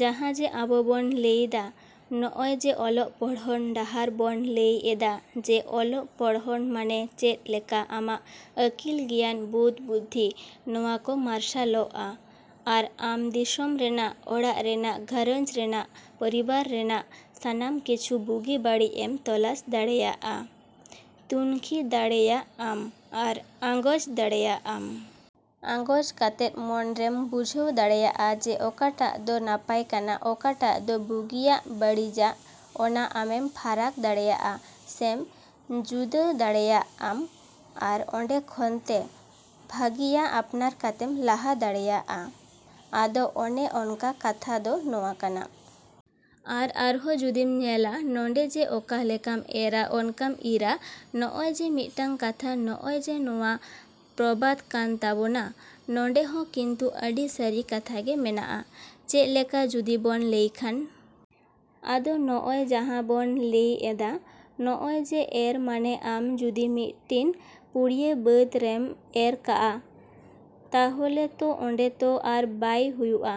ᱡᱟᱦᱟᱸ ᱡᱮ ᱟᱵᱚ ᱵᱚᱱ ᱞᱟᱹᱭᱫᱟ, ᱱᱚᱜᱼᱚᱭ ᱡᱮ ᱚᱞᱚᱜ ᱯᱚᱲᱦᱚᱱ ᱰᱟᱦᱟᱨ ᱵᱚᱱ ᱞᱟᱹᱭ ᱮᱫᱟ ᱡᱮ ᱚᱞᱚᱜ ᱯᱚᱲᱦᱚᱱ ᱢᱟᱱᱮ ᱪᱮᱫ ᱞᱮᱠᱟ ᱟᱢᱟᱜ ᱟᱹᱠᱤᱞ ᱜᱮᱭᱟᱱ ᱵᱳᱫᱷ ᱵᱩᱫᱽᱫᱷᱤ, ᱱᱚᱣᱟᱠᱚ ᱢᱟᱨᱥᱟᱞᱚᱜᱼᱟ᱾ ᱟᱨ ᱟᱢ ᱫᱤᱥᱚᱢ ᱨᱮᱱᱟᱜ, ᱚᱲᱟᱜ ᱨᱮᱱᱟᱜ, ᱜᱷᱟᱨᱚᱸᱡᱽ ᱨᱮᱱᱟᱜ, ᱯᱚᱨᱤᱵᱟᱨ ᱨᱮᱱᱟᱜ ᱥᱟᱱᱟᱢ ᱠᱤᱪᱷᱩ ᱵᱩᱜᱤ ᱵᱟᱹᱲᱤᱡ ᱮᱢ ᱛᱚᱞᱟᱥ ᱫᱟᱲᱮᱭᱟᱜᱼᱟ, ᱛᱩᱱᱠᱷᱤ ᱫᱟᱲᱮᱭᱟᱜ ᱟᱢ ᱟᱨ ᱟᱸᱜᱚᱪ ᱫᱟᱲᱮᱭᱟᱜᱼᱟᱢ᱾ ᱟᱸᱜᱚᱪ ᱠᱟᱛᱮᱫ ᱢᱚᱱᱨᱮᱢ ᱵᱩᱡᱷᱟᱹᱣ ᱫᱟᱲᱮᱭᱟᱜᱼᱟ ᱡᱮ ᱚᱠᱟᱴᱟᱜ ᱫᱚ ᱱᱟᱯᱟᱭ ᱠᱟᱱᱟ, ᱚᱠᱟᱴᱟᱜ ᱫᱚ ᱵᱩᱜᱤᱭᱟᱜ ᱵᱟᱹᱲᱤᱡᱟᱜ ᱚᱱᱟ ᱟᱢᱮᱢ ᱯᱷᱟᱨᱟᱠ ᱫᱟᱲᱮᱭᱟᱜᱼᱟ ᱥᱮᱢ ᱡᱩᱫᱟᱹ ᱫᱟᱲᱮᱭᱟᱜ ᱟᱢ ᱟᱨ ᱚᱸᱰᱮ ᱠᱷᱚᱱᱛᱮ ᱵᱷᱟᱹᱜᱤᱭᱟᱜ ᱟᱯᱱᱟᱨ ᱠᱟᱛᱮᱢ ᱞᱟᱦᱟ ᱫᱟᱲᱮᱭᱟᱜᱼᱟ᱾ ᱟᱫᱚ ᱚᱱᱮ ᱚᱱᱠᱟ ᱠᱟᱛᱷᱟ ᱫᱚ ᱱᱚᱣᱟ ᱠᱟᱱᱟ᱾ ᱟᱨ ᱟᱨᱦᱚᱸ ᱡᱩᱫᱤᱢ ᱧᱮᱞᱟ ᱱᱚᱸᱰᱮ ᱡᱮ ᱚᱠᱟ ᱞᱮᱠᱟᱢ ᱮᱨᱟ ᱚᱱᱠᱟᱢ ᱤᱨᱟ᱾ ᱱᱚᱜᱼᱚᱭ ᱡᱮ ᱢᱤᱫᱴᱟᱱ ᱠᱟᱛᱷᱟ ᱱᱚᱜᱼᱚᱭ ᱡᱮ ᱱᱚᱣᱟ ᱯᱨᱚᱵᱟᱫ ᱠᱟᱱ ᱛᱟᱵᱳᱱᱟ, ᱱᱚᱸᱰᱮ ᱦᱚᱸ ᱠᱤᱱᱛᱩ ᱟᱹᱰᱤ ᱥᱟᱹᱨᱤ ᱠᱟᱛᱷᱟ ᱜᱮ ᱢᱮᱱᱟᱜᱼᱟ᱾ ᱪᱮᱫ ᱞᱮᱠᱟ ᱡᱩᱫᱤ ᱵᱚᱱ ᱞᱟᱹᱭᱠᱷᱟᱱ? ᱟᱫᱚ ᱱᱚᱜᱼᱚᱭ ᱡᱟᱦᱟᱸ ᱵᱚᱱ ᱞᱟᱹᱭ ᱮᱫᱟ ᱱᱚᱜᱼᱚᱭ ᱡᱮ ᱮᱨ ᱢᱟᱱᱮ ᱟᱢ ᱡᱩᱫᱤ ᱢᱤᱫᱴᱤᱱ ᱯᱩᱲᱭᱟᱹ ᱵᱟᱹᱫᱽ ᱨᱮᱢ ᱮᱨ ᱠᱟᱜᱼᱟ, ᱛᱟᱦᱚᱞᱮ ᱛᱚ ᱚᱸᱰᱮ ᱛᱚ ᱟᱨ ᱵᱟᱭ ᱦᱩᱭᱩᱜᱼᱟ,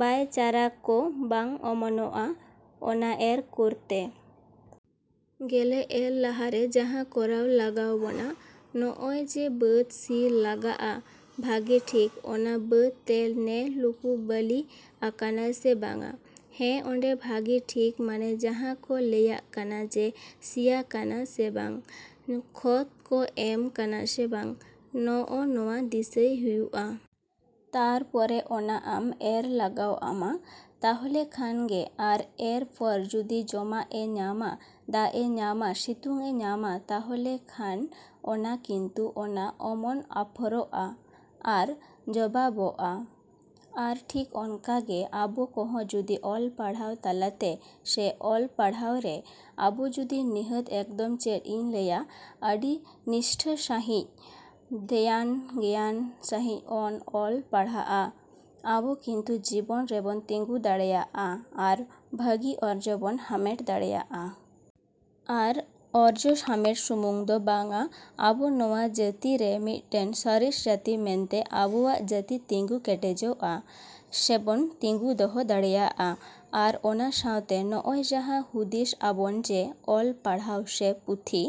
ᱵᱟᱭ ᱪᱟᱨᱟ ᱠᱚ ᱵᱟᱝ ᱚᱢᱚᱱᱚᱜᱼᱟ᱾ ᱚᱱᱟ ᱮᱨ ᱠᱚᱨᱛᱮ ᱜᱮᱞᱮ ᱮᱨ ᱞᱟᱦᱟᱨᱮ ᱡᱟᱦᱟᱸ ᱠᱚᱨᱟᱣ ᱞᱟᱜᱟᱣᱵᱚᱱᱟ, ᱱᱜᱼᱚᱭ ᱡᱮ ᱵᱟᱹᱫᱽ ᱥᱤ ᱞᱟᱜᱟᱜᱼᱟ ᱵᱷᱟᱹᱜᱮ ᱴᱷᱤᱠ, ᱚᱱᱟ ᱵᱟᱹᱫ ᱛᱮ ᱱᱮ ᱞᱩᱯᱩ ᱵᱟᱹᱞᱤ ᱟᱠᱟᱱᱟ ᱥᱮ ᱵᱟᱝᱟ, ᱦᱮᱸ ᱚᱸᱰᱮ ᱵᱷᱟᱹᱜᱤ ᱴᱷᱤᱠ ᱢᱟᱱᱮ ᱡᱟᱦᱟᱸ ᱠᱚ ᱞᱟᱹᱭᱟᱜ ᱠᱟᱱᱟ ᱡᱮ ᱥᱤᱭᱟᱠᱟᱱᱟ ᱥᱮ ᱵᱟᱝ, ᱠᱷᱚᱛ ᱠᱚ ᱮᱢ ᱠᱟᱱᱟ ᱥᱮ ᱵᱟᱝ, ᱱᱚᱜᱼᱚ ᱱᱚᱣᱟ ᱫᱤᱥᱟᱹᱭ ᱦᱩᱭᱩᱜᱼᱟ᱾ ᱛᱟᱨᱯᱚᱨᱮ ᱚᱱᱟ ᱟᱢ ᱮᱨ ᱞᱟᱜᱟᱣ ᱟᱢᱟ, ᱛᱟᱦᱚᱞᱮ ᱠᱷᱟᱱᱜᱮ ᱟᱨ ᱮᱨ ᱯᱚᱨ ᱡᱩᱫᱤ ᱡᱚᱢᱟᱜ ᱮ ᱧᱟᱢᱟ, ᱫᱟᱜ ᱮ ᱧᱟᱢᱟ, ᱥᱤᱛᱩᱝ ᱮ ᱧᱟᱢᱟ, ᱛᱟᱦᱚᱞᱮᱠᱷᱟᱱ ᱚᱱᱟ ᱠᱤᱱᱛᱩ ᱚᱱᱟ ᱚᱢᱚᱱ ᱟᱯᱷᱚᱨᱚᱜᱼᱟ᱾ ᱟᱨ ᱡᱚᱵᱟᱵᱚᱜᱼᱟ ᱟᱨ ᱴᱷᱤᱠ ᱚᱱᱠᱟᱜᱮ ᱟᱵᱚ ᱠᱚᱦᱚᱸ ᱡᱩᱫᱤ ᱚᱞ ᱯᱟᱲᱦᱟᱣ ᱛᱟᱞᱟᱛᱮ ᱥᱮ ᱚᱞ ᱯᱟᱲᱦᱟᱣ ᱨᱮ ᱟᱵᱚ ᱡᱩᱫᱤ ᱱᱤᱦᱟᱹᱛ ᱮᱠᱫᱚᱢ ᱪᱮᱫ ᱤᱧ ᱞᱟᱹᱭᱟ ᱟᱹᱰᱤ ᱱᱤᱥᱴᱷᱟᱹ ᱥᱟᱺᱦᱤᱡ, ᱫᱷᱮᱭᱟᱱ ᱜᱮᱭᱟᱱ ᱥᱟᱺᱦᱤᱡ ᱵᱚᱱ ᱚᱞ ᱯᱟᱲᱦᱟᱜᱼᱟ, ᱟᱵᱚ ᱠᱤᱱᱛᱩ ᱡᱤᱵᱚᱱ ᱨᱮᱵᱚᱱ ᱛᱤᱸᱜᱩ ᱫᱟᱲᱮᱭᱟᱜᱼᱟ ᱟᱨ ᱵᱷᱟᱹᱜᱤ ᱚᱨᱡᱚ ᱵᱚᱱ ᱦᱟᱢᱮᱴ ᱫᱟᱲᱮᱭᱟᱜᱼᱟ᱾ ᱟᱨ ᱚᱨᱡᱚ ᱦᱟᱢᱮᱴ ᱥᱩᱢᱩᱝ ᱫᱚ ᱵᱟᱝᱟ, ᱟᱵᱚ ᱱᱚᱣᱟ ᱡᱟᱹᱛᱤᱨᱮ ᱢᱤᱫᱴᱤᱱ ᱥᱚᱨᱮᱥ ᱡᱟᱹᱛᱤ ᱢᱮᱱᱛᱮ ᱟᱵᱚᱣᱟᱜ ᱡᱟᱹᱛᱤ ᱛᱤᱸᱜᱩ ᱠᱮᱴᱮᱡᱚᱜᱼᱟ ᱥᱮᱵᱚᱱ ᱛᱤᱸᱜᱩ ᱫᱚᱦᱚ ᱫᱟᱲᱮᱭᱟᱜᱼᱟ᱾ ᱟᱨ ᱚᱱᱟ ᱥᱟᱶᱛᱮ ᱱᱚᱜᱼᱚᱭ ᱡᱟᱦᱟᱸ ᱦᱩᱫᱤᱥ ᱟᱵᱚᱱ ᱡᱮ ᱚᱞ ᱯᱟᱲᱦᱟᱣ ᱥᱮ ᱯᱩᱛᱷᱤ᱾